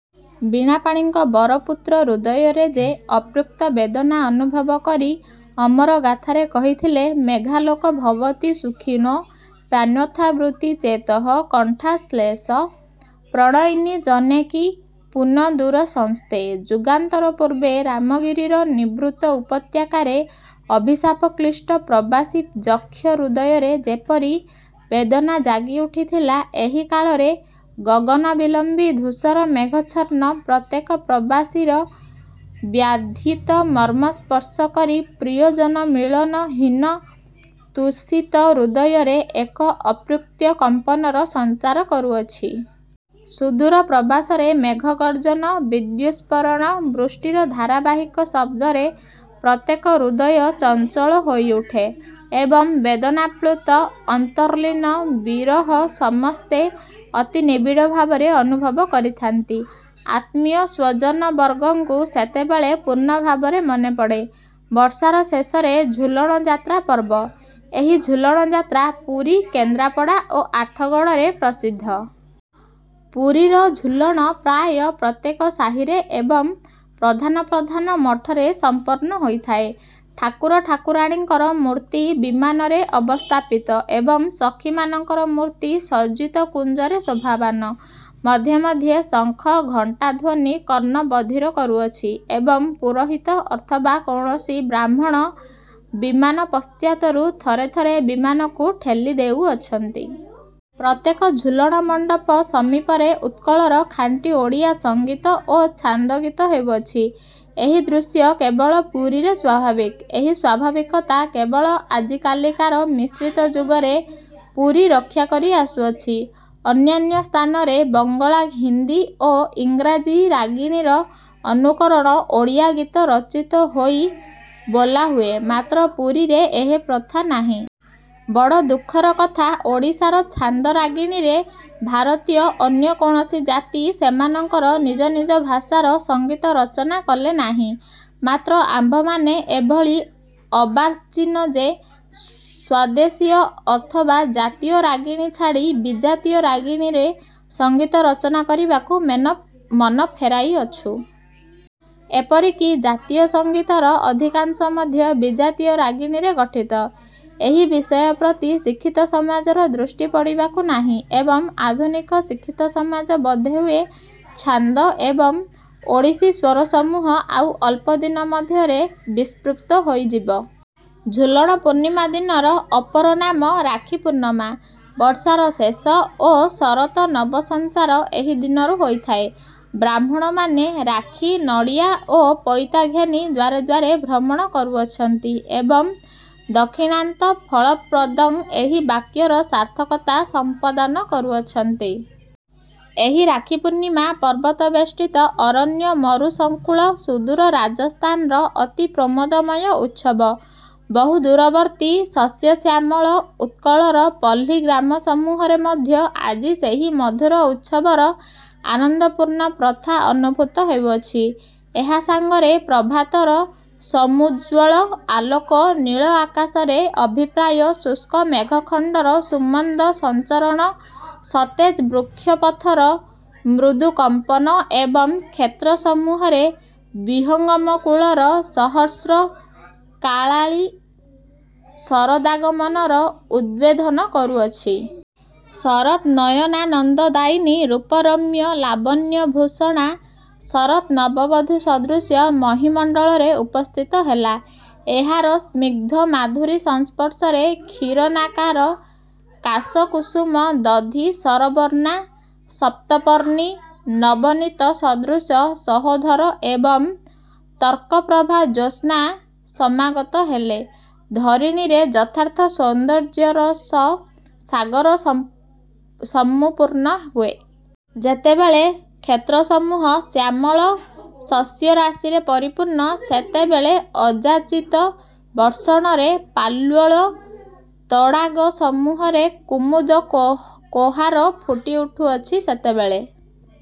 ବୀଣାପାଣିଙ୍କ ବରପୁତ୍ର ହୃଦୟରେ ଯେ ଅତୃପ୍ତ ବେଦନା ଅନୁଭବ କରି ଅମର ଗାଥାରେ କହିଥିଲେ ମେଘାଲୋକେ ଭବତି ସୁଖିନୋ ପ୍ୟନ୍ୟଥାବୃତ୍ତି ଚେତଃ କଣ୍ଠାଶ୍ଳେଷ ପ୍ରଣୟିନି ଜନେ କିଂ ପୁନର୍ଦୂରସଂସ୍ଥେ। ଯୁଗାନ୍ତର ପୂର୍ବେ ରାମଗିରିର ନିଭୃତ ଉପତ୍ୟକାରେ ଅଭିଶାପକ୍ଳିଷ୍ଟ ପ୍ରବାସୀ ଯକ୍ଷ ହୃଦୟରେ ଯେପରି ବେଦନା ଜାଗି ଉଠିଥିଲା, ଏ କାଳରେ ଗଗନବିଲମ୍ବୀ ଧୂସର ମେଘଚ୍ଛାୟା ପ୍ରତ୍ୟେକ ପ୍ରବାସିର ବ୍ୟଥିତ ମର୍ମ୍ମ ସ୍ପର୍ଶ କରି ପ୍ରିୟଜନମିଳନ ହୀନ ତୃଷିତ ହୃଦୟରେ ଏକ ଅତୃପ୍ତ କମ୍ପନର ସଞ୍ଚାର କରୁଅଛି। ସୁଦୂର ପ୍ରବାସରେ ମେଘଗର୍ଜନ, ବିଦ୍ୟୁତ୍ସ୍ଫରଣ, ବୃଷ୍ଟିର ଧାରାବାହିକ ଶବ୍ଦରେ ପ୍ରତ୍ୟେକ ହୃଦୟ ଚଞ୍ଚଳ ହୋଇ ଉଠେ ଏବଂ ବେଦନାପ୍ଳୁତ ଅନ୍ତର୍ଲୀନ ବିରହ ସମସ୍ତେ ଅତି ନିବିଡ଼ଭାବରେ ଅନୁଭବ କରିଥାନ୍ତି। ଆତ୍ମୀୟ ସ୍ୱଜନବର୍ଗଙ୍କୁ ସେତେବେଳେ ପୂର୍ଣ୍ଣଭାବରେ ମନେ ପଡ଼େ। ବର୍ଷାର ଶେଷରେ ଝୁଲଣ ଯାତ୍ରା ପର୍ବ। ଏହି ଝୁଲଣଯାତ୍ରା ପୁରୀ, କେନ୍ଦ୍ରାପଡ଼ା ଓ ଆଠଗଡ଼ରେ ପ୍ରସିଦ୍ଧ। ପୁରୀର ଝୁଲଣ ପ୍ରାୟ ପ୍ରତ୍ୟେକ ସାହୀରେ ଏବଂ ପ୍ରଧାନ ପ୍ରଧାନ ମଠରେ ସମ୍ପନ୍ନ ହୋଇଥାଏ। ଠାକୁର ଠାକୁରାଣୀଙ୍କ ମୂର୍ତ୍ତି ବିମାନରେ ଅବସ୍ଥାପିତ ଏବଂ ସଖୀମାନଙ୍କ ମୂର୍ତ୍ତି ସଜ୍ଜିତ କୁଞ୍ଜରେ ଶୋଭମାନ। ମଧ୍ୟେ ମଧ୍ୟେ ଶଙ୍ଖ ଘଣ୍ଟା ଧ୍ୱନି କର୍ଣ୍ଣ ବଧିର କରୁଅଛି ଏବଂ ପୁରୋହିତ ଅଥବା କୌଣସି ବ୍ରାହ୍ମଣ ବିମାନ ପଶ୍ଚାତରୁ ଥରେ ଥରେ ବିମାନକୁ ଠେଲି ଦେଉଅଛନ୍ତି। ପ୍ରତ୍ୟେକ ଝୁଲଣ ମଣ୍ଡପ ସମୀପରେ ଉତ୍କଳର ଖାଣ୍ଟି ଓଡ଼ିଆ ସଙ୍ଗୀତ ଓ ଛାନ୍ଦ ଗୀତ ହେଉଅଛି ଏ ଦୃଶ୍ୟ କେବଳ ପୁରୀରେ ସ୍ୱାଭାବିକ। ଏହି। ସ୍ୱାଭାବିକତା କେବଳ ଆଜିକାଲିକାର ମିଶ୍ରିତ ଯୁଗରେ ପୁରୀ ରକ୍ଷା କରି ଆସୁଅଛି, ଅନ୍ୟାନ୍ୟ ସ୍ଥାନରେ ବଙ୍ଗଳା ହିନ୍ଦୀ ଓ ଇଂରାଜୀ ରାଗିଣୀର ଅନୁକରଣରେ ଓଡ଼ିଆ ଗୀତ ରଚିତ ହୋଇ ବୋଲା ହୁଏ, ମାତ୍ର ପୁରୀରେ ଏ ପ୍ରଥା ନାହିଁ। ବଡ଼ ଦୁଃଖର କଥା ଓଡ଼ିଶାର ଛାନ୍ଦ ରାଗିଣୀରେ ଭାରତୀୟ ଅନ୍ୟ କୌଣସି ଜାତି ସେମାନଙ୍କ ନିଜ ନିଜ ଭାଷାର ସଙ୍ଗୀତ ରଚନା କଲେ ନାହିଁ, ମାତ୍ର ଆମ୍ଭେମାନେ ଏ ଭଳି ଅର୍ବାଚୀନ ଯେ ସ୍ୱଦେଶୀୟ ଅଥବା ଜାତୀୟ ରାଗିଣୀ ଛାଡ଼ି ବିଜାତୀୟ ରାଗିଣୀରେ ସଙ୍ଗୀତ ରଚନା କରିବାକୁ ମନ ଫେରାଇଅଛୁଁ। ଏପରି କି ଜାତୀୟ ସଙ୍ଗୀତର ଅଧିକାଂଶ ମଧ୍ୟ ବିଜାତୀୟ ରାଗିଣୀରେ ଗଠିତ। ଏ ବିଷୟ ପ୍ରତି ଶିକ୍ଷିତ ସମାଜର ଦୃଷ୍ଟି ପଡ଼ିବାକୁ ନାହିଁ ଏବଂ ଆଧୁନିକ ଶିକ୍ଷିତସମାଜ ବୋଧ ହୁଏ ଛାନ୍ଦ ଏବଂ ଓଡ଼ିଶୀ ସ୍ୱରସମୂହ ଆଉ ଅଳ୍ପ ଦିନ ମଧ୍ୟରେ ବିସ୍ମୃତ ହୋଇ ଯିବ। ଝୁଲଣ ପୂର୍ଣ୍ଣିମା ଦିନର ଅପର ନାମ ରାଖି ପୂର୍ଣ୍ଣିମା। ବର୍ଷାର ଶେଷ ଓ ଶରତ ନବ ସଞ୍ଚାର ଏହି ଦିନରୁ ହୋଇଥାଏ। ବ୍ରାହ୍ମଣମାନେ ରାଖି ନଡ଼ିଆ ଓ ପଇତା ଘେନି ଦ୍ୱାରେ ଦ୍ୱାରେ ଭ୍ରମଣ କରୁଅଛନ୍ତି ଏବଂ ଦକ୍ଷିଣାନ୍ତଂ ଫଳପ୍ରଦଂ ଏହି ବାକ୍ୟର ସାର୍ଥକତା ସମ୍ପାଦନ କରୁଅଛନ୍ତି। ଏହି ରାଖି ପୂର୍ଣ୍ଣିମା ପର୍ବତବେଷ୍ଟିତ ଅରଣ୍ୟମରୁସଙ୍କୁଳ ସୁଦୂର ରାଜସ୍ଥାନର ଅତି ପ୍ରମୋଦମୟ ଉତ୍ସବ ବହୁଦୂରବର୍ତ୍ତୀ ଶସ୍ୟଶ୍ୟାମଳ ଉତ୍କଳର ପଲ୍ଲୀଗ୍ରାମସମୂହରେ ମଧ୍ୟ ଆଜି ସେହି ମଧୁର ଉତ୍ସବର ଆନନ୍ଦପୂର୍ଣ୍ଣ ପ୍ରଥା ଅନୁଭୂତ ହେଉଅଛି। ଏହା ସାଙ୍ଗରେ ପ୍ରଭାତର ସମୂଜ୍ଜ୍ୱଳ ଆଲୋକ, ନୀଳ ଆକାଶରେ ଅଭିପ୍ରାୟ ଶୁଭ୍ର ମେଘଖଣ୍ଡର ସୁମନ୍ଦ ସଞ୍ଚରଣ, ସତେଜ ବୃକ୍ଷପତ୍ରର ମୃଦୁ କମ୍ପନ ଏବଂ କ୍ଷେତ୍ରସମୂହରେ ବିହଙ୍ଗମକୁଳର ସହର୍ଷ କାଳାଇ ଶରଦାଗମନର ଉଦ୍ବୋଧନ କରୁଅଛି। ଶରତ୍ ନୟନାନନ୍ଦଦାୟିନୀ ରୂପରମ୍ୟା, ଲାବଣ୍ୟଭୂଷଣା ଶରତ୍ ନବବଧୂ ସଦୃଶ ମହୀମଣ୍ଡଳରେ ଉପସ୍ଥିତ ହେଲା। ଏହାର ସ୍ନିଗ୍ଧ ମାଧୁରୀ ସଂସ୍ପର୍ଶରେ କ୍ଷୀରନିକାଶ କାଶକୁସୁମ ଦଧି ସରବର୍ଣ୍ଣା ସପ୍ତପର୍ଣ୍ଣୀ, ନବନୀତ ସଦୃଶ ଶଶଧର ଏବଂ ତକ୍ର ପ୍ରଭା ଜ୍ୟୋତ୍ସ୍ନା ସମାଗତ ହେଲେ ଧରଣୀରେ ଯଥାର୍ଥ ସୌନ୍ଦର୍ଯ୍ୟରସର ସାଗର ସମ୍ ସମୁତ୍ପନ୍ନ ହୁଏ। ଯେତେବେଳେ କ୍ଷେତ୍ରସମୂହ ଶ୍ୟାମଳ ଶସ୍ୟରାଶିରେ ପରିପୂର୍ଣ୍ଣ, ଯେତେବେଳେ ଅଯାଚିତ ବର୍ଷଣରେ ପଲ୍ୱଳ ତଡ଼ାଗସମୂହରେ କୁମୁଦ କହ୍ୱା କହ୍ଲୋର ଫୁଟି ଉଠିଅଛି ଯେତେବେଳେ